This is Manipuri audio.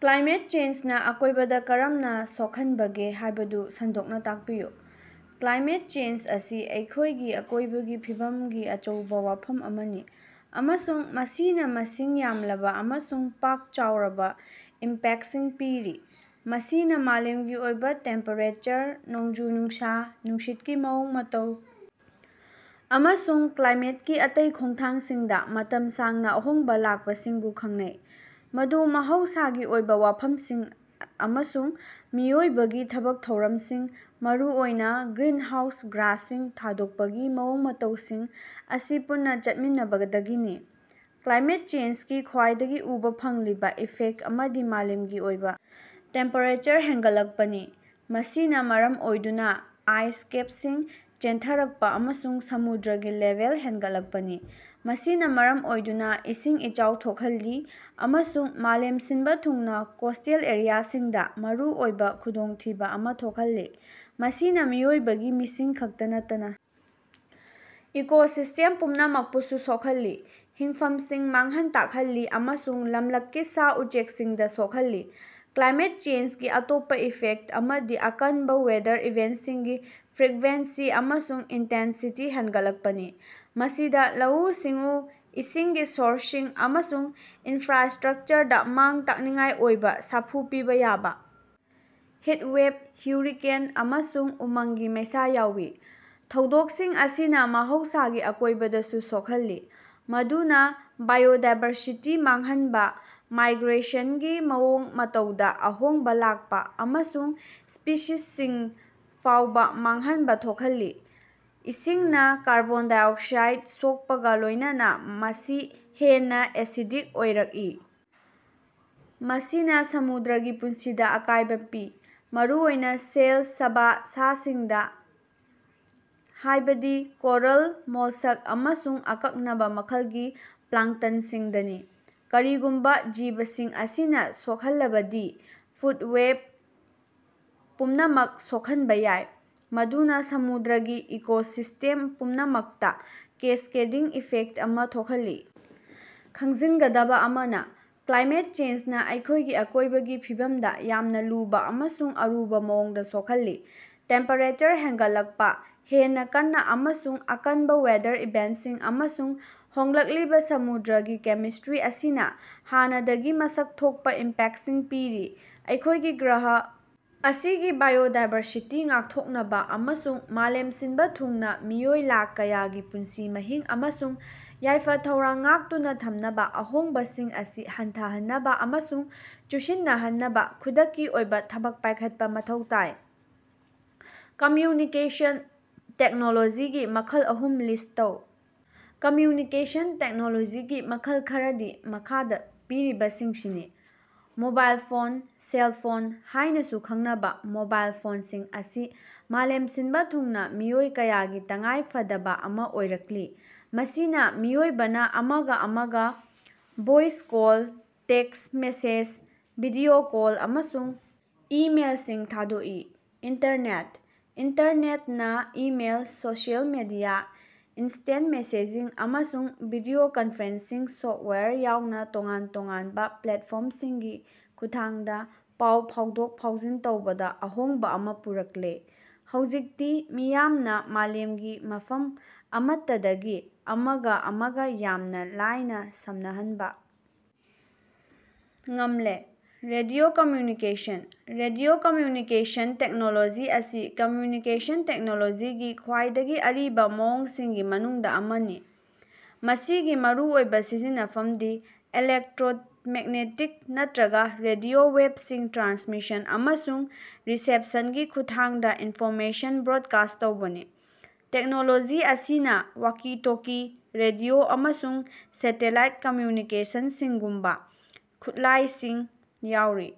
ꯀ꯭ꯂꯥꯏꯃꯦꯠ ꯆꯦꯟꯖꯅꯥ ꯑꯀꯣꯏꯕꯗꯥ ꯀꯔꯝꯅꯥ ꯁꯣꯛꯍꯟꯕꯒꯦ ꯍꯥꯏꯕꯗꯨ ꯁꯟꯗꯣꯛꯅꯥ ꯇꯥꯛꯄꯤꯌꯨ꯫ ꯀ꯭ꯂꯥꯏꯃꯦꯠ ꯆꯦꯟꯖ ꯑꯁꯤ ꯑꯩꯈꯣꯏꯒꯤ ꯑꯀꯣꯏꯕꯒꯤ ꯐꯤꯕꯝꯒꯤ ꯑꯆꯧꯕꯥ ꯋꯥꯐꯝ ꯑꯃꯅꯤ ꯑꯃꯁꯨꯡ ꯃꯁꯤꯅꯥ ꯃꯁꯤꯡ ꯌꯥꯝꯂꯕꯥ ꯑꯃꯁꯨꯡ ꯄꯥꯛ ꯆꯥꯎꯔꯕꯥ ꯏꯝꯄꯦꯛꯁꯤꯡ ꯄꯤꯔꯤ꯫ ꯃꯁꯤꯅꯥ ꯃꯥꯂꯦꯝꯒꯤ ꯑꯣꯏꯕꯥ ꯇꯦꯝꯄꯦꯔꯦꯆꯔ, ꯅꯣꯡꯖꯨ-ꯅꯨꯡꯁꯥ, ꯅꯨꯡꯁꯤꯠꯀꯤ ꯃꯑꯣꯡ-ꯃꯇꯧ ꯑꯃꯁꯨꯡ ꯀ꯭ꯂꯥꯏꯃꯦꯠꯀꯤ ꯑꯇꯩ ꯈꯣꯡꯊꯥꯡꯁꯤꯡꯗꯥ ꯃꯇꯝ ꯁꯥꯡꯅꯥ ꯑꯍꯣꯡꯕꯥ ꯂꯥꯛꯄꯁꯤꯡꯕꯨ ꯈꯪꯅꯩ, ꯃꯗꯨ ꯃꯍꯧꯁꯥꯒꯤ ꯑꯣꯏꯕꯥ ꯋꯥꯐꯝꯁꯤꯡ ꯑꯃꯁꯨꯡ ꯃꯤꯑꯣꯏꯕꯒꯤ ꯊꯕꯛ-ꯊꯧꯔꯝꯁꯤꯡ, ꯃꯔꯨꯑꯣꯏꯅꯥ ꯒ꯭ꯔꯤꯟꯍꯥꯎꯁ ꯒ꯭ꯌꯥꯁꯁꯤꯡ ꯊꯥꯗꯣꯛꯄꯒꯤ ꯃꯑꯣꯡ-ꯃꯇꯧꯁꯤꯡ ꯑꯁꯤ ꯄꯨꯟꯅꯥ ꯆꯠꯃꯤꯟꯅꯕꯗꯒꯤꯅꯤ꯫ ꯀ꯭ꯂꯥꯏꯃꯦꯠ ꯆꯦꯟꯖꯒꯤ ꯈ꯭ꯋꯥꯏꯗꯒꯤ ꯎꯕꯥ ꯐꯪꯂꯤꯕꯥ ꯏꯐꯦꯛ ꯑꯃꯗꯤ ꯃꯥꯂꯦꯝꯒꯤ ꯑꯣꯏꯕꯥ ꯇꯦꯝꯄꯦꯔꯦꯆꯔ ꯍꯦꯟꯒꯠꯂꯛꯄꯅꯤ, ꯃꯁꯤꯅꯥ ꯃꯔꯝ ꯑꯣꯏꯗꯨꯅꯥ ꯑꯥꯏꯁ ꯀꯦꯞꯁꯤꯡ ꯆꯦꯟꯊꯔꯛꯄꯥ ꯑꯃꯁꯨꯡ ꯁꯃꯨꯗ꯭ꯔꯒꯤ ꯂꯦꯚꯦꯜ ꯍꯦꯟꯒꯠꯂꯛꯄꯅꯤ꯫ ꯃꯁꯤꯅꯥ ꯃꯔꯝ ꯑꯣꯏꯗꯨꯅꯥ ꯏꯁꯤꯡ ꯏꯆꯥꯎ ꯊꯣꯛꯍꯜꯂꯤ ꯑꯃꯁꯨꯡ ꯃꯥꯂꯦꯝ ꯁꯤꯟꯕꯥ ꯊꯨꯡꯅꯥ ꯀꯣꯁꯇꯦꯜ ꯑꯦꯔꯤꯌꯥꯁꯤꯡꯗꯥ ꯃꯔꯨꯑꯣꯏꯕꯥ ꯈꯨꯗꯣꯡꯊꯤꯕꯥ ꯑꯃꯥ ꯊꯣꯛꯍꯜꯂꯤ꯫ ꯃꯁꯤꯅꯥ ꯃꯤꯑꯣꯏꯕꯒꯤ ꯃꯤꯁꯤꯡ ꯈꯛꯇꯥ ꯅꯠꯇꯅꯥ ꯏꯀꯣꯁꯤꯁꯇꯦꯝ ꯄꯨꯝꯅꯃꯛꯄꯨꯁꯨ ꯁꯣꯛꯍꯜꯂꯤ, ꯍꯤꯡꯐꯝꯁꯤꯡ ꯃꯥꯡꯍꯟ ꯇꯥꯛꯍꯜꯂꯤ ꯑꯃꯁꯨꯡ ꯂꯝꯂꯛꯀꯤ ꯁꯥ-ꯎꯆꯦꯛꯁꯤꯡꯗꯥ ꯁꯣꯛꯍꯜꯂꯤ꯫ ꯀ꯭ꯂꯥꯏꯃꯦꯠ ꯆꯦꯟꯖꯒꯤ ꯑꯇꯣꯞꯄꯥ ꯏꯐꯦꯛꯇ ꯑꯃꯗꯤ ꯑꯀꯟꯕꯥ ꯋꯦꯗꯔ ꯏꯚꯦꯟꯁꯤꯡꯒꯤ ꯐ꯭ꯔꯤꯛꯕꯦꯟꯁꯤ ꯑꯃꯁꯨꯡ ꯏꯟꯇꯦꯟꯁꯤꯇꯤ ꯍꯦꯟꯒꯠꯂꯛꯄꯅꯤ꯫ ꯃꯁꯤꯗꯥ ꯂꯧꯎ-ꯁꯤꯡꯎ, ꯏꯁꯤꯡꯒꯤ ꯁꯣꯔꯁꯁꯤꯡ ꯑꯃꯁꯨꯡ ꯏꯟꯐ꯭ꯔꯥꯁꯇ꯭ꯔꯛꯆꯔꯗꯥ ꯃꯥꯡ-ꯇꯥꯛꯅꯤꯡꯉꯥꯏ ꯑꯣꯏꯕꯥ ꯁꯥꯐꯨ ꯄꯤꯕꯥ ꯌꯥꯕꯥ ꯍꯤꯠꯋꯦꯕ, ꯍꯨꯔꯤꯀꯦꯟ, ꯑꯃꯁꯨꯡ ꯎꯃꯪꯒꯤ ꯃꯩꯁꯥ ꯌꯥꯎꯏ꯫ ꯊꯧꯗꯣꯛꯁꯤꯡ ꯑꯁꯤꯅꯥ ꯃꯍꯧꯁꯥꯒꯤ ꯑꯀꯣꯏꯕꯗꯁꯨ ꯁꯣꯛꯍꯜꯂꯤ, ꯃꯗꯨꯅꯥ ꯕꯥꯏꯑꯣꯗꯥꯏꯕꯔꯁꯤꯇꯤ ꯃꯥꯡꯍꯟꯕꯥ, ꯃꯥꯏꯒ꯭ꯔꯦꯁꯟꯒꯤ ꯃꯑꯣꯡ ꯃꯇꯧꯗꯥ ꯑꯍꯣꯡꯕꯥ ꯂꯥꯛꯄꯥ, ꯑꯃꯁꯨꯡ ꯁ꯭ꯄꯤꯁꯤꯁꯁꯤꯡ ꯐꯥꯎꯕꯥ ꯃꯥꯡꯍꯟꯕꯥ ꯊꯣꯛꯍꯜꯂꯤ꯫ ꯏꯁꯤꯡꯅꯥ ꯀꯥꯔꯕꯣꯟ ꯗꯥꯏꯑꯣꯛꯁꯥꯏꯠ ꯁꯣꯛꯄꯒꯥ ꯂꯣꯏꯅꯅꯥ ꯃꯁꯤ ꯍꯦꯟꯅꯥ ꯑꯦꯁꯤꯗꯤꯛ ꯑꯣꯏꯔꯛꯏ, ꯃꯁꯤꯅꯥ ꯁꯃꯨꯗ꯭ꯔꯒꯤ ꯄꯨꯟꯁꯤꯗꯥ ꯑꯀꯥꯏꯕꯥ ꯄꯤ, ꯃꯔꯨꯑꯣꯏꯅꯥ ꯁꯦꯜ ꯁꯥꯕꯥ ꯁꯥꯁꯤꯡꯗꯥ, ꯍꯥꯏꯕꯗꯤ ꯀꯣꯔꯜ, ꯃꯣꯜꯁꯛ ꯑꯃꯁꯨꯡ ꯑꯀꯛꯅꯕꯥ ꯃꯈꯜꯒꯤ ꯄ꯭ꯂꯥꯡꯇꯟꯁꯤꯡꯗꯅꯤ꯫ ꯀꯔꯤꯒꯨꯝꯕꯥ ꯖꯤꯕꯁꯤꯡ ꯑꯁꯤꯅꯥ ꯁꯣꯛꯍꯜꯂꯕꯗꯤ, ꯐꯨꯗ ꯋꯦꯞ ꯄꯨꯝꯅꯃꯛ ꯁꯣꯛꯍꯟꯕꯥ ꯌꯥꯏ, ꯃꯗꯨꯅꯥ ꯁꯃꯨꯗ꯭ꯔꯒꯤ ꯏꯀꯣꯁꯤꯁꯇꯦꯝ ꯄꯨꯝꯅꯃꯛꯇꯥ ꯀꯦꯁꯀꯦꯗꯤꯡ ꯏꯐꯦꯛꯇ ꯑꯃꯥ ꯊꯣꯛꯍꯜꯂꯤ꯫ ꯈꯪꯖꯤꯟꯒꯗꯕꯥ ꯑꯃꯅꯥ, ꯀ꯭ꯂꯥꯏꯃꯦꯠ ꯆꯦꯟꯖꯅꯥ ꯑꯩꯈꯣꯏꯒꯤ ꯑꯀꯣꯏꯕꯒꯤ ꯐꯤꯕꯝꯗꯥ ꯌꯥꯝꯅꯥ ꯂꯨꯕꯥ ꯑꯃꯁꯨꯡ ꯑꯔꯨꯕꯥ ꯃꯑꯣꯡꯗꯥ ꯁꯣꯛꯍꯜꯂꯤ꯫ ꯇꯦꯝꯄꯦꯔꯦꯆꯔ ꯍꯦꯟꯒꯠꯂꯛꯄꯥ, ꯍꯦꯟꯅꯥ ꯀꯟꯅꯥ ꯑꯃꯁꯨꯡ ꯑꯀꯟꯕꯥ ꯋꯦꯗꯔ ꯏꯚꯦꯟꯇꯁꯤꯡ ꯑꯃꯁꯨꯡ ꯍꯣꯡꯂꯛꯂꯤꯕꯥ ꯁꯃꯨꯗ꯭ꯔꯒꯤ ꯀꯦꯃꯤꯁꯇ꯭ꯔꯤ ꯑꯁꯤꯅꯥ ꯍꯥꯟꯅꯗꯒꯤ ꯃꯁꯛ ꯊꯣꯛꯄꯥ ꯏꯝꯄꯦꯛꯁꯤꯡ ꯄꯤꯔꯤ꯫ ꯑꯩꯈꯣꯏꯒꯤ ꯒ꯭ꯔꯍ ꯑꯁꯤꯒꯤ ꯕꯥꯏꯑꯣꯗꯥꯏꯕꯔꯁꯤꯇꯤ ꯉꯥꯛꯊꯣꯛꯅꯕꯥ ꯑꯃꯁꯨꯡ ꯃꯥꯂꯦꯝ ꯁꯤꯟꯕꯥ ꯊꯨꯡꯅꯥ ꯃꯤꯑꯣꯏ ꯂꯥꯈ ꯀꯌꯥꯒꯤ ꯄꯨꯟꯁꯤ ꯃꯍꯤꯡ ꯑꯃꯁꯨꯡ ꯌꯥꯏꯐ-ꯊꯧꯔꯥꯡ ꯉꯥꯛꯇꯨꯅꯥ ꯊꯝꯅꯕꯥ ꯑꯍꯣꯡꯕꯁꯤꯡ ꯑꯁꯤ ꯍꯟꯊꯍꯟꯅꯕꯥ ꯑꯃꯁꯨꯡ ꯆꯨꯁꯤꯟꯅꯍꯟꯅꯕꯥ ꯈꯨꯗꯛꯀꯤ ꯑꯣꯏꯕꯥ ꯊꯕꯛ ꯄꯥꯏꯈꯠꯄꯥ ꯃꯊꯧ ꯇꯥꯏ꯫ ꯀꯝꯃ꯭ꯌꯨꯅꯤꯀꯦꯁꯟ ꯇꯦꯛꯅꯣꯂꯣꯖꯤꯒꯤ ꯃꯈꯜ ꯑꯍꯨꯝ ꯂꯤꯁ ꯇꯧ꯫ ꯀꯝꯃ꯭ꯌꯨꯅꯤꯀꯦꯁꯟ ꯇꯦꯛꯅꯣꯂꯣꯖꯤꯒꯤ ꯃꯈꯜ ꯈꯔꯗꯤ ꯃꯈꯥꯗꯥ ꯄꯤꯔꯤꯕꯁꯤꯡꯁꯤꯅꯤ: ꯃꯣꯕꯥꯏꯜ ꯐꯣꯟ: ꯁꯦꯜꯐꯣꯟ ꯍꯥꯏꯅꯥꯁꯨ ꯈꯪꯅꯕꯥ ꯃꯣꯕꯥꯏꯜ ꯐꯣꯟꯁꯤꯡ ꯑꯁꯤ ꯃꯥꯂꯦꯝ ꯁꯤꯟꯕꯥ ꯊꯨꯡꯅꯥ ꯃꯤꯑꯣꯏ ꯀꯌꯥꯒꯤ ꯇꯉꯥꯏꯐꯗꯕꯥ ꯑꯃꯥ ꯑꯣꯏꯔꯛꯂꯤ, ꯃꯁꯤꯅꯥ ꯃꯤꯑꯣꯏꯕꯅꯥ ꯑꯃꯒꯥ ꯑꯃꯒꯥ voice call, text message, video call ꯑꯃꯁꯨꯡ ꯏꯃꯦꯜꯁꯤꯡ ꯊꯥꯗꯣꯛꯏ꯫ ꯏꯟꯇꯔꯅꯦꯠ: ꯏꯟꯇꯔꯅꯦꯠꯅꯥ email, social media, instant messaging, ꯑꯃꯁꯨꯡ ꯚꯤꯗꯤꯑꯣ ꯀꯟꯐ꯭ꯔꯦꯟꯁꯁꯤꯡ ꯁꯣꯞꯋꯥꯌꯔ ꯌꯥꯎꯅꯥ ꯇꯣꯉꯥꯟ-ꯇꯣꯉꯥꯟꯕꯥ ꯄ꯭ꯂꯦꯠꯐꯣꯔꯃꯁꯤꯡꯒꯤ ꯈꯨꯠꯊꯥꯡꯗꯥ ꯄꯥꯎ ꯐꯥꯎꯗꯣꯛ-ꯐꯥꯎꯖꯤꯟ ꯇꯧꯕꯗꯥ ꯑꯍꯣꯡꯕꯥ ꯑꯃꯥ ꯄꯨꯔꯛꯂꯦ꯫ ꯍꯧꯖꯤꯛꯇꯤ ꯃꯤꯌꯥꯝꯅꯥ ꯃꯥꯂꯦꯝꯒꯤ ꯃꯐꯝ ꯑꯃꯠꯇꯗꯒꯤ ꯑꯃꯒꯥ ꯑꯃꯒꯥ ꯌꯥꯝꯅꯥ ꯂꯥꯏꯅꯥ ꯁꯝꯅꯍꯟꯕꯥ ꯉꯝꯂꯦ꯫ Radio communication: radio communication technology ꯑꯁꯤ ꯀꯝꯃ꯭ꯌꯨꯅꯤꯀꯦꯁꯟ ꯇꯦꯛꯅꯣꯂꯣꯖꯤꯒꯤ ꯈ꯭ꯋꯥꯏꯗꯒꯤ ꯑꯔꯤꯕꯥ ꯃꯑꯣꯡꯁꯤꯡꯒꯤ ꯃꯅꯨꯡꯗꯥ ꯑꯃꯅꯤ, ꯃꯁꯤꯒꯤ ꯃꯔꯨꯑꯣꯏꯕꯥ ꯁꯤꯖꯤꯟꯅꯐꯝꯗꯤ ꯏꯂꯦꯛꯇ꯭ꯔꯣꯃꯦꯛꯅꯦꯇꯤꯛ ꯅꯠꯇ꯭ꯔꯒꯥ ꯔꯦꯗꯤꯑꯣ ꯋꯦꯞꯁꯤꯡ ꯇ꯭ꯔꯥꯟꯁꯃꯤꯁꯟ ꯑꯃꯁꯨꯡ ꯔꯤꯁꯦꯞꯁꯟꯒꯤ ꯈꯨꯠꯊꯥꯡꯗꯥ ꯏꯟꯐꯣꯔꯃꯦꯁꯟ ꯕ꯭ꯔꯣꯠꯀꯥꯁ ꯇꯧꯕꯅꯤ꯫ ꯇꯦꯛꯅꯣꯂꯣꯖꯤ ꯑꯁꯤꯅꯥ ꯋꯥꯀꯤ-ꯇꯣꯀꯤ, ꯔꯦꯗꯤꯑꯣ ꯑꯃꯁꯨꯡ ꯁꯦꯇꯦꯂꯥꯏꯠ ꯀꯝꯃ꯭ꯌꯨꯅꯤꯀꯦꯁꯟꯁꯤꯡꯒꯨꯝꯕꯥ ꯈꯨꯠꯂꯥꯏꯁꯤꯡ ꯌꯥꯎꯔꯤ꯫